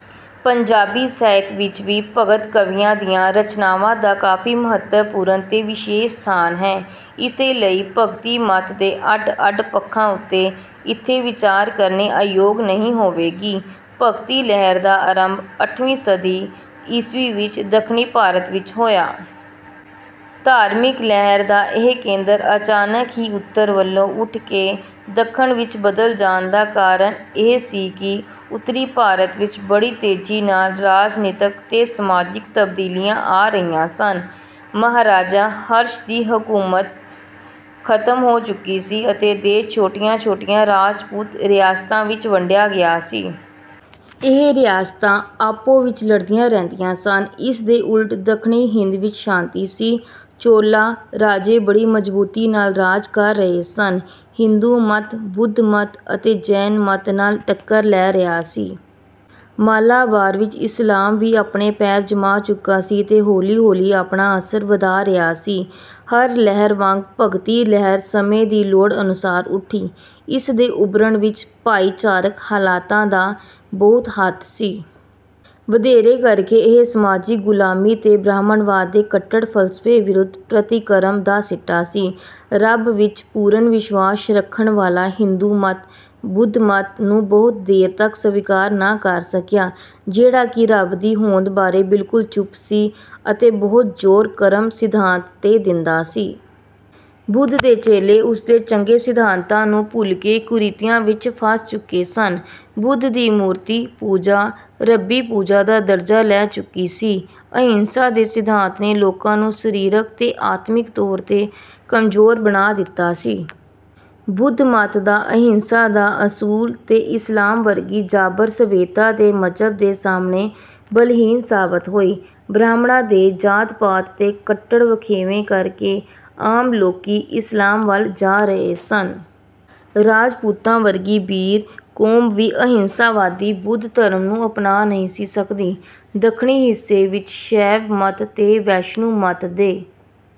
ਪੰਜਾਬੀ ਸਾਹਿਤ ਵਿੱਚ ਵੀ ਭਗਤ ਕਵੀਆਂ ਦੀਆਂ ਰਚਨਾਵਾਂ ਦਾ ਕਾਫ਼ੀ ਮਹੱਤਵਪੂਰਨ ਤੇ ਵਿਸ਼ੇਸ਼ ਸਥਾਨ ਹੈ। ਇਸੇ ਲਈ ਭਗਤੀ ਮੱਤ ਦੇ ਅੱਡ ਅੱਡ ਪੱਖਾਂ ਉੱਤੇ ਇੱਥੇ ਵਿਚਾਰ ਕਰਨੀ ਅਯੋਗ ਨਹੀਂ ਹੋਵੇਗੀ। ਭਗਤੀ ਲਹਿਰ ਦਾ ਆਰੰਭ ਅੱਠਵੀਂ ਸਦੀ ਈਸਵੀ ਵਿੱਚ ਦੱਖਣੀ ਭਾਰਤ ਵਿੱਚ ਹੋਇਆ। ਧਾਰਮਿਕ ਲਹਿਰ ਦਾ ਇਹ ਕੇਂਦਰ ਅਚਾਨਕ ਹੀ ਉੱਤਰ ਵੱਲੋਂ ਉੱਠਕੇ ਦੱਖਣ ਵਿੱਚ ਬਦਲ ਜਾਣ ਦਾ ਕਾਰਨ ਇਹ ਸੀ ਕਿ ਉੱਤਰੀ ਭਾਰਤ ਵਿੱਚ ਬੜੀ ਤੇਜ਼ੀ ਨਾਲ ਰਾਜਨੀਤਕ ਤੇ ਸਮਾਜਿਕ ਤਬਦੀਲੀਆਂ ਆ ਰਹੀਆਂ ਸਨ। ਮਹਾਰਾਜਾ ਹਰਸ਼ ਦੀ ਹਕੂਮਤ ਖ਼ਤਮ ਹੋ ਚੁੱਕੀ ਸੀ ਅਤੇ ਦੇਸ਼ ਛੋਟੀਆਂ ਛੋਟੀਆਂ ਰਾਜਪੂਤ ਰਿਆਸਤਾਂ ਵਿੱਚ ਵੰਡਿਆ ਗਿਆ ਸੀ। ਇਹ ਰਿਆਸਤਾਂ ਆਪੋ ਵਿੱਚ ਲੜਦੀਆਂ ਰਹਿੰਦੀਆਂ ਸਨ। ਇਸ ਦੇ ਉਲਟ ਦੱਖਣੀ ਹਿੰਦ ਵਿੱਚ ਸ਼ਾਂਤੀ ਸੀ। ਚੋਲਾ ਰਾਜੇ ਬੜੀ ਮਜ਼ਬੂਤੀ ਨਾਲ ਰਾਜ ਕਰ ਰਹੇ ਸਨ। ਹਿੰਦੂ ਮੱਤ ਬੁੱਧ ਮੱਤ ਅਤੇ ਜੈਨ ਮੱਤ ਨਾਲ ਟੱਕਰ ਲੈ ਰਿਹਾ ਸੀ। ਮਾਲਾਬਾਰ ਵਿੱਚ ਇਸਲਾਮ ਵੀ ਆਪਣੇ ਪੈਰ ਜਮਾ ਚੁੱਕਾ ਸੀ ਤੇ ਹੌਲੀ ਹੌਲੀ ਆਪਣਾ ਅਸਰ ਵਧਾ ਰਿਹਾ ਸੀ। ਹਰ ਲਹਿਰ ਵਾਂਗ ਭਗਤੀ ਲਹਿਰ ਸਮੇਂ ਦੀ ਲੋੜ ਅਨੁਸਾਰ ਉੱਠੀ। ਇਸ ਦੇ ਉਭਰਨ ਵਿੱਚ ਭਾਈਚਾਰਕ ਹਾਲਤਾਂ ਦਾ ਬਹੁਤ ਹੱਥ ਸੀ। ਵਧੇਰੇ ਕਰ ਕੇ ਇਹ ਸਮਾਜਿਕ ਗ਼ੁਲਾਮੀ ਤੇ ਬ੍ਰਾਹਮਣਵਾਦ ਦੇ ਕੱਟੜ ਫ਼ਲਸਫੇ ਵਿਰੁੱਧ ਪ੍ਰਤੀਕਰਮ ਦਾ ਸਿੱਟਾ ਸੀ। ਰੱਬ ਵਿੱਚ ਪੂਰਨ ਵਿਸ਼ਵਾਸ ਰੱਖਣ ਵਾਲਾ ਹਿੰਦੂ ਮੱਤ ਬੁੱਧ ਮੱਤ ਨੂੰ ਬਹੁਤ ਦੇਰ ਤੱਕ ਸਵੀਕਾਰ ਨਾ ਕਰ ਸਕਿਆ ਜਿਹੜਾ ਕਿ ਰੱਬ ਦੀ ਹੋਂਦ ਬਾਰੇ ਬਿਲਕੁਲ ਚੁੱਪ ਸੀ ਅਤੇ ਬਹੁਤ ਜ਼ੋਰ ਕਰਮ ਸਿਧਾਂਤ ਤੇ ਦਿੰਦਾ ਸੀ। ਬੁੱਧ ਦੇ ਚੇਲੇ ਉਸ ਦੇ ਚੰਗੇ ਸਿਧਾਂਤਾਂ ਨੂੰ ਭੁੱਲਕੇ ਕੁਰੀਤੀਆਂ ਵਿੱਚ ਫਸ ਚੁੱਕੇ ਸਨ। ਬੁੱਧ ਦੀ ਮੂਰਤੀ ਪੂਜਾ ਰੱਬੀ ਪੂਜਾ ਦਾ ਦਰਜਾ ਲੈ ਚੁੱਕੀ ਸੀ। ਅਹਿੰਸਾ ਦੇ ਸਿਧਾਂਤ ਨੇ ਲੋਕਾਂ ਨੂੰ ਸਰੀਰਕ ਤੇ ਆਤਮਿਕ ਤੌਰ ਤੇ ਕਮਜ਼ੋਰ ਬਣਾ ਦਿੱਤਾ ਸੀ। ਬੁੱਧ ਮੱਤ ਦਾ ਅਹਿੰਸਾ ਦਾ ਅਸੂਲ ਤੇ ਇਸਲਾਮ ਵਰਗੀ ਜਾਬਰ ਸੱਭਿਅਤਾ ਤੇ ਮਜ਼੍ਹਬ ਦੇ ਸਾਹਮਣੇ ਬਲਹੀਣ ਸਾਬਤ ਹੋਈ। ਬ੍ਰਾਹਮਣਾਂ ਦੇ ਜਾਤ ਪਾਤ ਦੇ ਕੱਟੜ ਵਖੇਵੇਂ ਕਰ ਕੇ ਆਮ ਲੋਕੀ ਇਸਲਾਮ ਵੱਲ ਜਾ ਰਹੇ ਸਨ। ਰਾਜਪੂਤਾਂ ਵਰਗੀ ਬੀਰ ਕੌਮ ਵੀ ਅਹਿੰਸਾ ਵਾਦੀ ਬੁੱਧ ਧਰਮ ਨੂੰ ਅਪਣਾ ਨਹੀਂ ਸੀ ਸਕਦੀ। ਦੱਖਣੀ ਹਿੱਸੇ ਵਿੱਚ ਸ਼ੈਵ ਮੱਤ ਤੇ ਵੈਸ਼ਨੂੰ ਮੱਤ ਦੇ